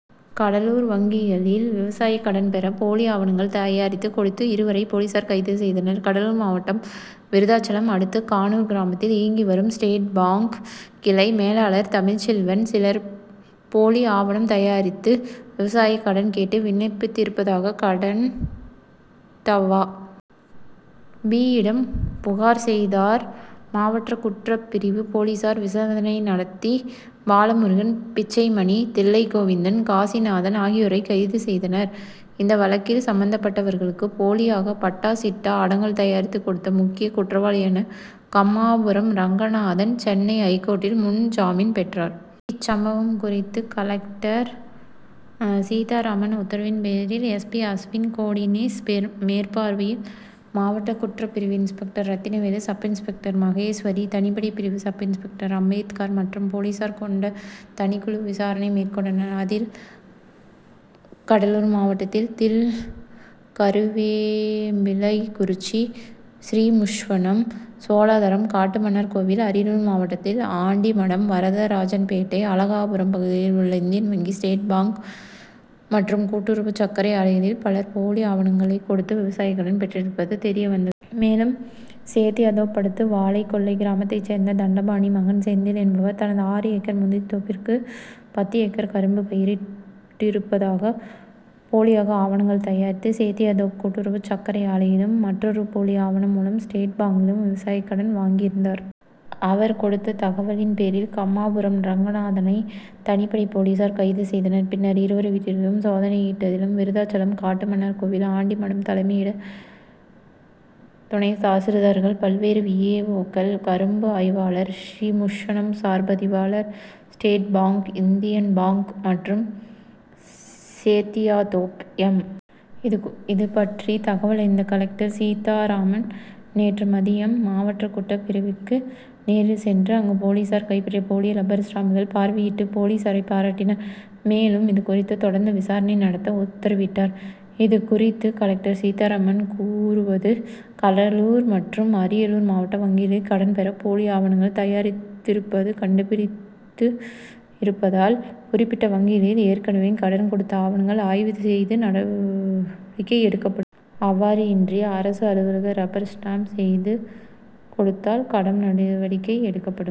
கடலூர் வங்கிகளில் விவசாய கடன் பெற போலி ஆவணங்கள் தயாரித்து கொடுத்த இருவரை போலீசார் கைது செய்தனர். கடலூர் மாவட்டம் விருத்தாசலம் அடுத்த கானூர் கிராமத்தில் இயங்கி வரும் ஸ்டேட் பாங்க் கிளை மேலாளர் தமிழ்ச்செல்வன், சிலர் போலி ஆவணம் தயாரித்து விவசாய கடன் கேட்டு விண்ணப்பித்திருப்பதாக கடந்த நவ. பி.,யிடம் புகார் செய்தார். மாவட்ட குற்றப் பிரிவு போலீசார் விசாரணை நடத்தி பாலமுருகன், பிச்சைமணி, தில்லைகோவிந்தன், காசிநாதன் ஆகியோரை கைது செய்தனர். இந்த வழக்கில் சம்மந் தப்பட்டவர்களுக்கு போலியாக பட்டா, சிட்டா, அடங்கல் தயாரித்து கொடுத்த முக்கிய குற்றவாளியென கம்மாபுரம் ரங்கநாதன் சென்னை ஐகோர்ட்டில் முன்ஜாமீன் பெற்றார். இச்சம்பவம் குறித்து கலெக்டர் சீத்தாராமன் உத்தரவின் பேரில், எஸ். பி., அஷ்வின் கோட்னீஸ் மேற்பார்வையில், மாவட்ட குற்றப்பிரிவு inspector Rathinavelu, sub inspector Maheswari, தனிப்படை பிரிவு சப் இன்ஸ் பெக்டர் அம்பேத்கர் மற்றும் போலீசார் கொண்ட தனிக்குழு விசாரணை மேற்கொண்டனர். அதில், கடலூர் மாவட்டத் தில் கருவேப்பிலங்குறிச்சி, ஸ்ரீமுஷ்ணம், சோழதரம், காட்டுமன்னார்கோவில், அரியலூர் மாவட்டத்தில் ஆண்டிமடம், வரதராஜன்பேட்டை, அழகாபுரம் பகுதிகளில் உள்ள இந்தியன் வங்கி, ஸ்டேட் பாங்க் மற்றும் கூட்டுறவு சர்க்கரை ஆலைகளில் பலர் போலி ஆவணங்கள் கொடுத்து விவசாய கடன் பெற்றிருப்பது தெரியவந்தது. மேலும், சேத்தியாத்தோப்பு அடுத்த வாழக்கொல்லை கிராமத்தைச் சேர்ந்த தண்டபாணி மகன் செந்தில் என்பவர் தனது ஆறு ஏக்கர் முந்திரி தோப்பிற்கு பத்து ஏக்கர் கரும்பு பயிரிட்டிருப்பதாக போலியாக ஆவணங்கள் தயாரித்து சேத்தியாத்தோப்பு கூட்டுறவு சர்க் கரை ஆலையிலும், மற்றொரு போலி ஆவணம் மூலம் ஸ்டேட் பாங்கிலும் விவசாய கடன் வாங்கியிருந்தார். அவர் கொடுத்த தகவலின் பேரில் கம்மாபுரம் ரங்கநாதனை தனிப்படை போலீசார் கைது செய்தனர். பின்னர் இருவர் வீட்டிலும் சோதனையிட்டதில் விருத்தாசலம், காட்டுமன்னார்கோவில், ஆண்டிமடம் தலைமையிட துணை தாசில்தார்கள், பல்வேறு வி. ஏ. ஓ.,க்கள், கரும்பு ஆய்வாளர், ஸ்ரீமுஷ்ணம் சார்பதிவாளர், ஸ்டேட் பாங்க், இந்தியன் பாங்க் மற்றும் சேத்தியாத்தோப்பு எம். இதுபற்றி தகவலறிந்த கலெக்டர் சீத்தாராமன், நேற்று மதியம் மாவட்ட குற்றப் பிரிவிற்கு நேரில் சென்று அங்கு போலீசார் கைப்பற்றிய போலி ரப்பர் ஸ்டாம்புகளை பார்வையிட்டு போலீசாரை பாராட்டினார். மேலும், இதுகுறித்து தொடர்ந்து விசாரணை நடத்த உத்தரவிட்டார். இது குறித்து கலெக்டர் சீத்தாராமன் கூறுவது கடலூர் மற்றும் அரியலூர் மாவட்ட வங்கிகளில் கடன் பெற போலி ஆவணங்கள் தயாரித்திருப்பது கண்டுபிடித்திருப்பதால், குறிப்பிட்ட வங்கிகளில் ஏற்கனவே கடன் கொடுத்த ஆவணங்கள் ஆய்வு செய்து நடவடிக்கை எடுக்கபடும். அவ்வாறு இன்றி அரசு அலுவலக ரப்பர் ஸ்டாம்ப் செய்து கொடுத்தால் கடும் நடவடிக்கை எடுக்கப்படும்.